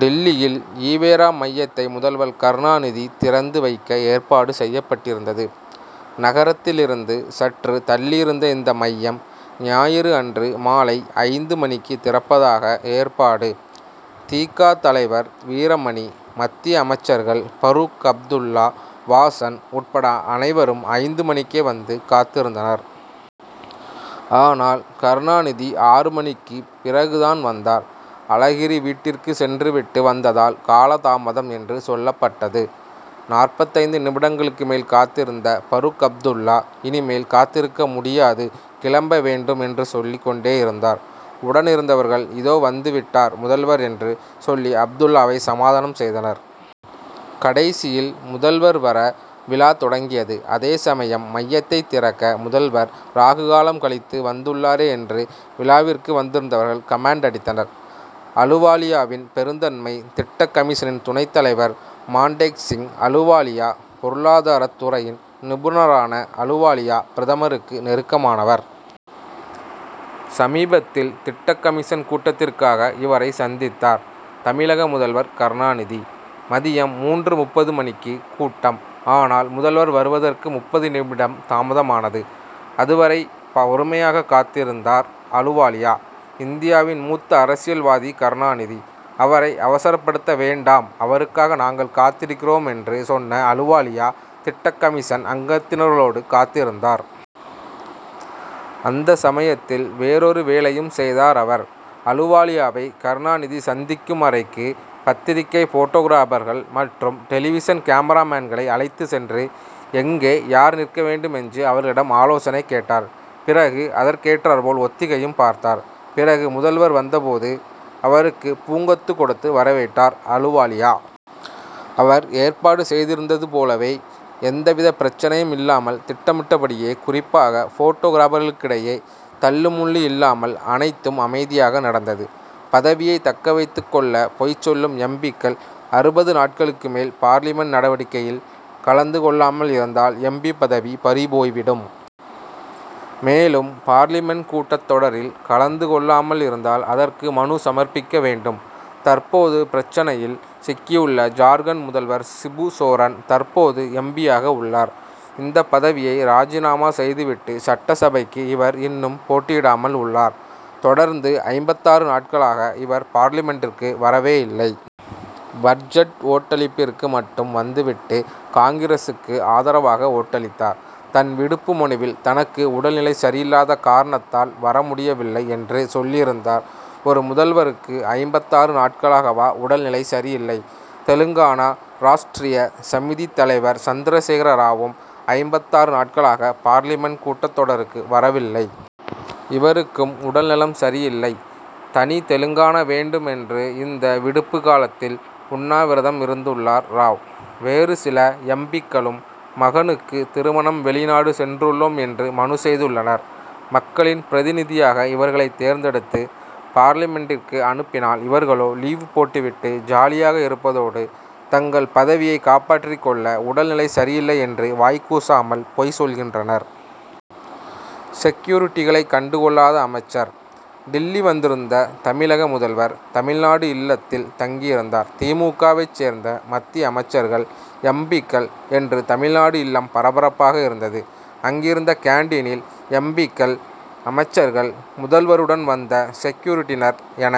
டில்லியில் ஈ. வே. ரா., மையத்தை முதல்வர் கருணாநிதி திறந்து வைக்க ஏற்பாடு செய்யப்பட்டிருந்தது. நகரத்திலிருந்து சற்று தள்ளியிருந்த இந்த மையம், ஞாயிறு அன்று மாலை ஐந்து மணிக்கு திறப்பதாக ஏற்பாடு. தி. க., தலைவர் வீரமணி, மத்திய அமைச்சர்கள் பரூக் அப்துல்லா, வாசன் உட்பட அனைவரும் ஐந்து மணிக்கே வந்து காத்திருந்தனர். ஆனால், கருணாநிதி ஆறு மணிக்குப் பிறகு தான் வந்தார். அழகிரி வீட்டிற்கு சென்று விட்டு வந்ததால் கால தாமதம் என்று சொல்லப்பட் டது. நாற்பத்தைந்து நிமிடங்களுக்கு மேல் காத்திருந்த பரூக் அப்துல்லா, 'இனிமேல் காத்திருக்க முடியாது, கிளம்ப வேண்டும்' என்று சொல்லிக் கொண்டேயிருந்தார். உடன் இருந்தவர்கள், இதோ வந்துவிட்டார் முதல்வர் என்று சொல்லி அப்துல்லாவை சமாதானம் செய்தனர். கடைசியில் முதல்வர் வர, விழா தொடங்கியது. அதே சமயம், மையத்தைத் திறக்க முதல்வர் ராகு காலம் கழித்து வந்துள்ளாரே என்று விழாவிற்கு வந்திருந்தவர்கள் கமென்ட் அடித்தனர். அலுவாலியாவின் பெருந்தன்மை: திட்டக் கமிஷனின் துணைத் தலைவர் மான்டேக் சிங் அலுவாலியா. பொருளாதாரத் துறையின் நிபுணரான அலுவாலியா, பிரதமருக்கு நெருக்கமானவர். சமீபத்தில், திட்டக் கமிஷன் கூட்டத்திற்காக இவரை சந்தித்தார் தமிழக முதல்வர் கருணாநிதி. மதியம் மூன்று.முப்பது மணிக்கு கூட்டம். ஆனால், முதல்வர் வருவதற்கு முப்பது நிமிடம் தாமதமானது. அதுவரை பொறுமையாக காத்திருந்தார் அலுவாலியா. 'இந்தியாவின் மூத்த அரசியல்வாதி கருணாநிதி, அவரை அவசரப்படுத்த வேண்டாம், அவருக்காக நாங்கள் காத்திருக்கிறோம்' என்று சொன்ன அலுவாலியா, திட்டக்கமிஷன் அங்கத்தினர்களோடு காத்திருந்தார். அந்த சமயத்தில் வேறொரு வேலையையும் செய்தார் அவர். அலுவாலியாவை கருணாநிதி சந்திக்கும் அறைக்கு பத்திரிகை போட்டோகிராபர்கள் மற்றும் டெலிவிஷன் கேமராமேன்களை அழைத்துச் சென்று, எங்கே, யார் நிற்க வேண்டும்' என்று அவர்களிடம் ஆலோசனை கேட்டார். பிறகு அதற்கேற்றாற்போல் ஒத்திகையும் பார்த்தார். பிறகு முதல்வர் வந்தபோது, அவருக்கு பூங்கொத்து கொடுத்து வரவேற்றார் அலுவாலியா. அவர் ஏற்பாடு செய்திருந்தது போலவே எந்தவித பிரச்னையும் இல்லாமல் திட்டமிட்டபடியே, குறிப்பாக போட்டோகிராபர்களிடையே தள்ளுமுள்ளு இல்லாமல், அனைத்தும் அமைதியாக நடந்தது. பதவியை தக்கவைத்துக் கொள்ள பொய் சொல்லும் எம். பி.,க்கள்: அறுபது நாட்களுக்கு மேல் பார்லிமென்ட் நடவடிக்கைகளில் கலந்து கொள்ளாமல் இருந்தால் எம். பி., பதவி பறிபோய்விடும். மேலும், பார்லிமென்ட் கூட்டத் தொடரில் கலந்து கொள்ளாமல் இருந்தால், அதற்கு மனு சமர்ப்பிக்க வேண்டும். தற்போது பிரச்னையில், சிக்கியுள்ள ஜார்க்கண்ட் முதல்வர் சிபு சோரன் தற்போது எம். பி.,யாக உள்ளார். இந்த பதவியை ராஜினாமா செய்துவிட்டு, சட்டசபைக்கு இவர் இன்னும் போட்டியிடாமல் உள்ளார். தொடர்ந்து ஐம்பத்தாறு நாட்களாக இவர் பார்லிமென்டிற்கு வரவே இல்லை. பட்ஜெட் ஓட்டளிப்பிற்கு மட்டும் வந்துவிட்டு காங்கிரசுக்கு ஆதரவாக ஓட்டளித்தார். தன் விடுப்பு மனுவில், தனக்கு உடல்நிலை சரியில்லாத காரணத் தால் வரமுடியவில்லை என்று சொல்லியிருக்கிறார். ஒரு முதல்வருக்கு ஐம்பத்தாறு நாட்களாகவா உடல்நிலை சரியில்லை? தெலுங்கானா ராஷ்ட்ரிய சமிதி தலைவர் சந்திரசேகர ராவும் ஐம்பத்தாறு நாட்களாக பார்லிமென்ட் கூட்டத் தொடருக்கு வரவில்லை. இவருக்கும் உடல்நலம் சரியில்லை. தனி தெலுங்கானா வேண்டும் என்று இந்த விடுப்பு காலத்தில் உண்ணாவிரதம் இருந்துள்ளார் ராவ். வேறு சில எம். பி.,க்களும், மகனுக்கு திருமணம் வெளிநாடு சென்றுள்ளோம் என்று மனு செய்துள்ளனர். மக்களின் பிரதிநிதியாக இவர்களை தேர்ந்தெடுத்து, பார்லிமென்டிற்கு அனுப்பினால், இவர்களோ லீவ் போட்டுவிட்டு ஜாலியாக இருப்பதோடு, தங்கள் பதவியை காப்பாற்றிக் கொள்ள உடல்நிலை சரியில்லை என்று வாய் கூசாமல் பொய் சொல்கின்றனர். செக்யூரிட்டிகளை கண்டுகொள்ளாத அமைச்சர்: டில்லி வந்திருந்த தமிழக முதல்வர், தமிழ்நாடு இல்லத்தில் தங்கியிருந்தார். தி. மு. க.,வைச் சேர்ந்த மத்திய அமைச்சர்கள், எம். பி.,க்கள் என்று தமிழ்நாடு இல்லம் பரபரப்பாக இருந்தது. அங்கிருந்த கேன்டீனில் எம். பி.,க்கள், அமைச்சர்கள், முதல்வருடன் வந்த செக்யூரிட்டியினர் என